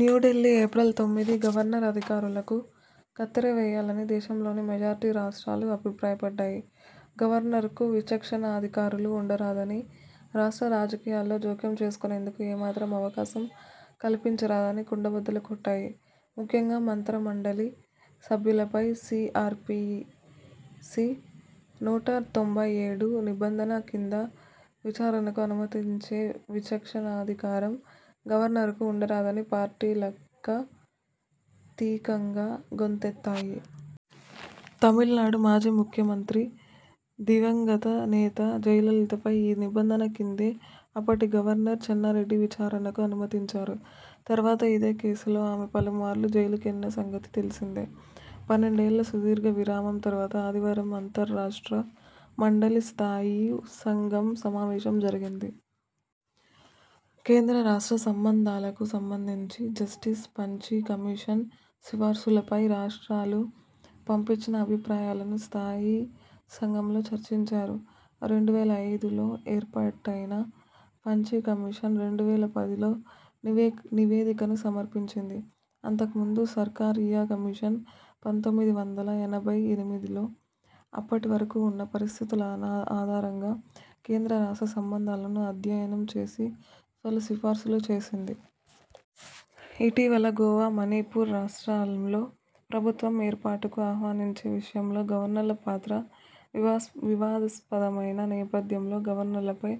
New Delhi April తొమ్మిది governor అధికారాలకు కత్తెర వేయాలని దేశంలోని మెజారిటీ రాష్ట్రాలు అభిప్రాయపడ్డాయి. గవర్నర్కు విచక్షణాధికారాలు ఉండరాదని, రాష్ట్ర రాజకీయాల్లో జోక్యం చేసుకొనేందుకు ఏ మాత్రం అవకాశం కల్పించరాదని కుండబద్దలు కొట్టాయి. ముఖ్యంగా మంత్రి మండలి సభ్యులపై సీఆర్పీసీ నూట తొంభై ఏడు నిబంధన కింద విచారణకు అనుమతించే విచక్షణాధికారం గవర్నర్కు ఉండరాదని పార్టీలకతీతంగా గొంతెత్తాయి. తమిళనాడు మాజీ ముఖ్యమంత్రి, దివంగత నేత జయలలితపై ఈ నిబంధన కిందే అప్పటి గవర్నర్ చెన్నారెడ్డి విచారణకు అనుమతించారు. తర్వాత ఇదే కేసులో ఆమె పలుమార్లు జైలుకెళ్లిన సంగతి తెలిసిందే. పన్నెండేళ్ల సుదీర్ఘ విరామం తర్వాత ఆదివారం అంతర్రాష్ట్ర మండలి స్థాయీ సం ఘం సమావేశం జరిగింది. కేంద్ర-రాష్ట్ర సంబంధాలకు సంబంధించి జస్టిస్ పంచీ కమిషన్ సిఫార్సులపై రాష్ట్రాలు పంపించిన అభిప్రాయాలను స్థాయీ సంఘంలో చర్చించారు. రెండు వేల ఐదులో ఏర్పాటైన పంఛీ కమిషన్ రెండు వేల పదిలో నివేదికను సమర్పించింది. అంతకు ముందు సర్కారియా కమిషన్ పంతొమ్మిది వందల ఎనభై ఎనిమిదిలో అప్పటివరకు ఉన్న పరిస్థితుల ఆధారంగా కేంద్ర-రాష్ట్ర సంబంధాలను అధ్యయనం చేసి పలు సిఫార్సులు చేసింది. ఇటీవల గోవా, మణిపూ ర్ రాష్ట్రాల్లో ప్రభుత్వం ఏర్పాటుకు ఆహ్వానించే విషయంలో గవర్నర్ల పాత్ర వివాదాస్పదమైన నేపథ్యంలో గవర్నర్లపై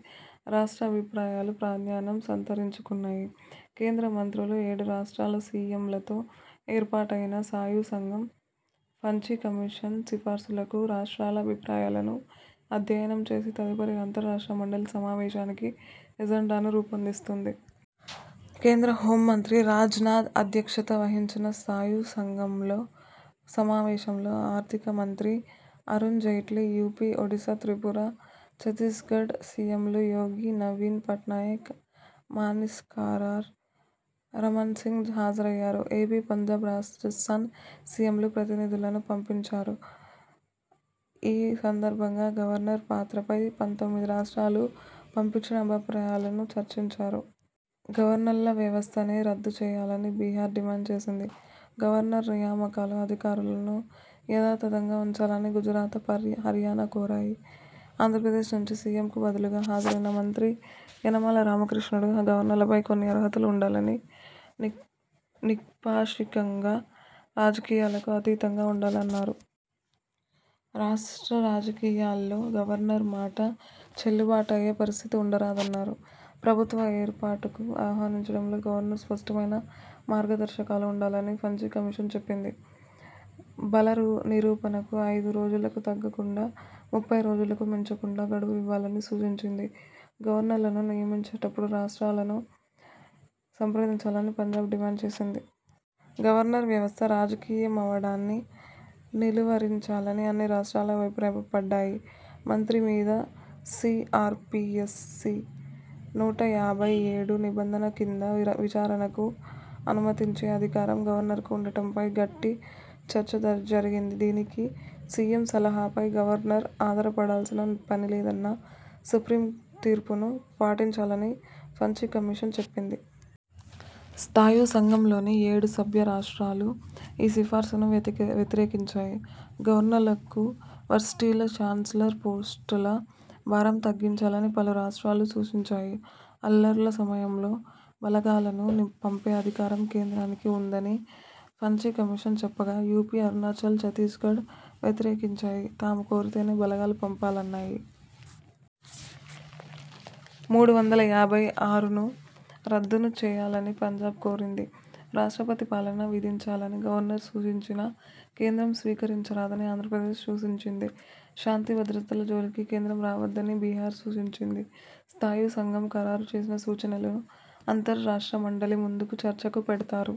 రాష్ట్రాల అభిప్రాయాలు ప్రాధాన్యం సంతరించుకున్నాయి. కేంద్ర మం త్రులు, ఏడు రాష్ట్రాల సీఎంలతో ఏర్పాటైన స్థాయీసంఘం పంఛీ కమిషన్ సిఫార్సులను, రాష్ట్రాల అభిప్రాయాలను అధ్యయనం చేసి, తదుపరి అంతర్రాష్ట్ర మండలి సమావేశానికి ఎజెండాను రూపొందిస్తుంది. కేంద్ర హోంమంత్రి రాజ్నాథ్ అధ్యక్షత వహించిన స్థాయీ సంఘ సమావేశంలో ఆర్థికమంత్రి అరుణ్ జైట్లీ, యూపీ, ఒడిసా, త్రిపుర, ఛత్తీ్సగఢ్ సీఎంలు యోగి, నవీన్ పట్నాయక్, మానిక్సర్కార్, రమణ్సింగ్ హాజరయ్యారు. ఏపీ, పంజాబ్, రాజస్థాన్ సీఎంలు ప్రతినిధులను పంపించారు. ఈ సందర్భంగా గవర్నర్ పాత్రపై పంతొమ్మిది రాష్ట్రాలు పంపించిన అభిప్రాయాలను చర్చించారు. గవర్నర్ల వ్యవస్థనే రద్దు చేయాలని బిహా ర్ డిమాండ్ చేసింది. గవర్నర్ నియామకాలు, అధికారాలను యధాతథంగా ఉంచాలని గుజరాత, హర్యానా కోరాయి. ఆంధ్రప్రదేశ్ నుంచి సీఎంకు బదులుగా హాజరైన మంత్రి యనమల రామకృష్ణుడు గవర్నర్లకు కొన్ని అర్హతలు ఉండాలని, నిష్పాక్షికం గా, రాజకీయాలకు అతీతంగా ఉండాలన్నారు. రాష్ట్ర రాజకీయా ల్లో గవర్నర్ మాట చెల్లుబాటయ్యే పరిస్థితి ఉండరాదన్నారు. ప్రభుత్వ ఏర్పాటుకు ఆహ్వానించడంలో గవర్నర్కు స్పష్టమైన మార్గదర్శకాలు ఉండాలని పంఛీ కమిషన్ చెప్పింది. బల నిరూపణకు ఐదు రోజులకు తగ్గకుండా, ముప్పై రోజులకు మించకుండా గడువు ఇవ్వాలని సూచించింది. గవర్నర్లను నియమించేటప్పు డు రాష్ట్రాలను సంప్రదించాలని పంజాబ్ డిమాండ్ చేసింది. గవర్నర్ వ్యవస్థ రాజకీయమవడాన్ని నిలువరించాలని అన్ని రాష్ట్రాలు అభిప్రాయపడ్డాయి. మంత్రి మీద సీఆర్పీసీ నూట తొంభై ఏడు నిబంధన కింద విచారణకు అనుమతించే అధికారం గవర్నర్కు ఉండటంపై గట్టి చర్చ జరిగింది. దీనికి సీఎం సలహాపై గవర్న ర్ ఆధారపడాల్సిన పనిలేదన్న సుప్రీం తీర్పును పాటించాలని పంఛీ కమిషన్ చెప్పింది. స్థాయీ సంఘంలోని ఏడు సభ్య రాష్ట్రా లూ ఈసిఫార్సును వ్యతిరేకించాయి. గవర్నర్లకు వర్సిటీల చాన్స్లర్ పోస్టుల భారం తగ్గించాలని పలు రాష్ట్రాలు సూచించాయి. అల్లర్ల సమయంలో బలగాలను పంపే అధికారం కేంద్రానికి ఉందని పంఛీ కమిషన్ చెప్పగా యూపీ, అరుణాచల్, ఛత్తీ్సగఢ్ వ్యతిరేకించాయి. తాము కోరితేనే బలగాలు పంపాలన్నా యి. మూడు వందల యాభై ఆరును రద్దు చేయాలని పంజాబ్ కోరింది. రాష్ట్రపతి పాలన విధించాలని గవర్నర్ సూచించినా కేంద్రం స్వీకరించరాదని ఆంధ్రప్రదేశ్ సూచించింది. శాంతి భద్రతల జోలికి కేంద్రం రావొద్దని బిహార్ సూచించింది. స్థాయీ సంఘం ఖరారు చేసిన సూచనలను అంతర్రాష్ట్ర మండలి ముందు చర్చకు పెడతారు.